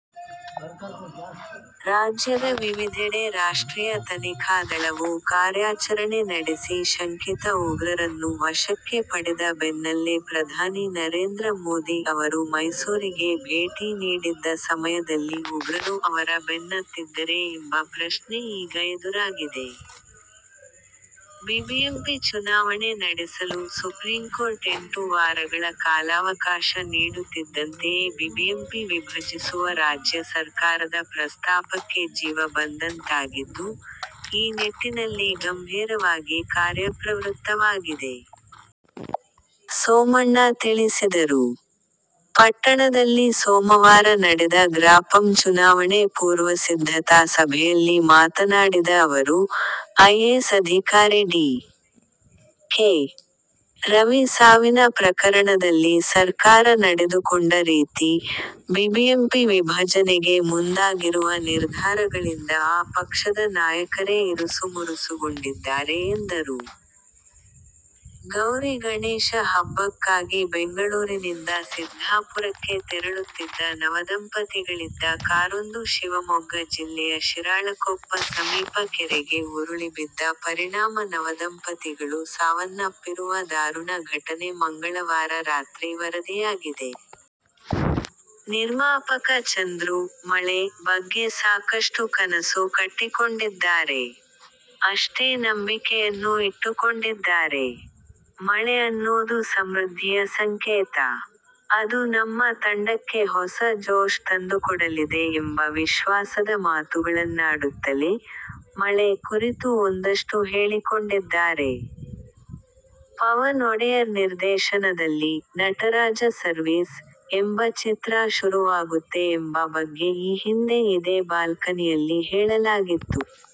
ರಾಜ್ಯದ ವಿವಿಧೆಡೆ ರಾಷ್ಟ್ರೀಯ ತನಿಖಾ ದಳ ವು ಕಾರ್ಯಾಚರಣೆ ನಡೆಸಿ ಶಂಕಿತ ಉಗ್ರರನ್ನು ವಶಕ್ಕೆ ಪಡೆದ ಬೆನ್ನಲ್ಲೇ ಪ್ರಧಾನಿ ನರೇಂದ್ರ ಮೋದಿ ಅವರು ಮೈಸೂರಿಗೆ ಭೇಟಿ ನೀಡಿದ್ದ ಸಮಯದಲ್ಲಿ ಉಗ್ರರು ಅವರ ಬೆನ್ನತ್ತಿದ್ದರೇ ಎಂಬ ಪ್ರಶ್ನೆ ಈಗ ಎದುರಾಗಿದೆ. ಬಿಬಿಎಂಪಿ ಚುನಾವಣೆ ನಡೆಸಲು ಸುಪ್ರೀಂಕೋರ್ಟ್ ಎಂಟು ವಾರಗಳ ಕಾಲಾವಕಾಶ ನೀಡುತ್ತಿದ್ದಂತೆಯೇ ಬಿಬಿಎಂಪಿ ವಿಭಜಿಸುವ ರಾಜ್ಯ ಸರ್ಕಾರದ ಪ್ರಸ್ತಾಪಕ್ಕೆ ಜೀವ ಬಂದಂತಾಗಿದ್ದು, ಈ ನಿಟ್ಟಿನಲ್ಲಿ ಗಂಭೀರವಾಗಿ ಕಾರ್ಯಪ್ರವೃತ್ತವಾಗಿದೆ. ಸೋಮಣ್ಣ ತಿಳಿಸಿದರು. ಪಟ್ಟಣದಲ್ಲಿ ಸೋಮವಾರ ನಡೆದ ಗ್ರಾಪಂ ಚುನಾವಣೆ ಪೂರ್ವಸಿದ್ಧತಾ ಸಭೆಯಲ್ಲಿ ಮಾತನಾಡಿದ ಅವರು, ಐಎಎಸ್ ಅಧಿಕಾರಿ ಡಿ. ಕೆ. ರವಿ ಸಾವಿನ ಪ್ರಕರಣದಲ್ಲಿ ಸರ್ಕಾರ ನಡೆದುಕೊಂಡ ರೀತಿ, ಬಿಬಿಎಂಪಿ ವಿಭಜನೆಗೆ ಮುಂದಾಗಿರುವ ನಿರ್ಧಾರಗಳಿಂದ ಆ ಪಕ್ಷದ ನಾಯಕರೇ ಇರುಸುಮುರುಸುಗೊಂಡಿದ್ದಾರೆ ಎಂದರು. ಗೌರಿ-ಗಣೇಶ ಹಬ್ಬಕ್ಕಾಗಿ ಬೆಂಗಳೂರಿನಿಂದ ಸಿದ್ಧಾಪುರಕ್ಕೆ ತೆರಳುತ್ತಿದ್ದ ನವದಂಪತಿಗಳಿದ್ದ ಕಾರೊಂದು ಶಿವಮೊಗ್ಗ ಜಿಲ್ಲೆಯ ಶಿರಾಳಕೊಪ್ಪ ಸಮೀಪ ಕೆರೆಗೆ ಉರುಳಿಬಿದ್ದ ಪರಿಣಾಮ ನವದಂಪತಿಗಳು ಸಾವನ್ನಪ್ಪಿರುವ ದಾರುಣ ಘಟನೆ ಮಂಗಳವಾರ ರಾತ್ರಿ ವರದಿಯಾಗಿದೆ. ನಿರ್ಮಾಪಕ ಚಂದ್ರು "ಮಳೆ' ಬಗ್ಗೆ ಸಾಕಷ್ಟು ಕನಸು ಕಟ್ಟಿಕೊಂಡಿದ್ದಾರೆ. ಅಷ್ಟೇ ನಂಬಿಕೆಯನ್ನೂ ಇಟ್ಟುಕೊಂಡಿದ್ದಾರೆ. ಮಳೆ ಅನ್ನೋದು ಸಮೃದ್ಧಿಯ ಸಂಕೇತ. ಅದು ನಮ್ಮ ತಂಡಕ್ಕೆ ಹೊಸ ಜೋಶ್ ತಂದುಕೊಡಲಿದೆ ಎಂಬ ವಿಶ್ವಾಸದ ಮಾತುಗಳನ್ನಾಡುತ್ತಲೇ, "ಮಳೆ' ಕುರಿತು ಒಂದಷ್ಟು ಹೇಳಿಕೊಂಡಿದ್ದಾರೆ. ಪವನ್ ಒಡೆಯರ್ ನಿರ್ದೇಶನದಲ್ಲಿ "ನಟರಾಜ ಸರ್ವೀಸ್' ಎಂಬ ಚಿತ್ರ ಶುರುವಾಗುತ್ತೆ ಎಂಬ ಬಗ್ಗೆ ಈ ಹಿಂದೆ ಇದೇ ಬಾಲ್ಕನಿಯಲ್ಲಿ ಹೇಳಲಾಗಿತ್ತು.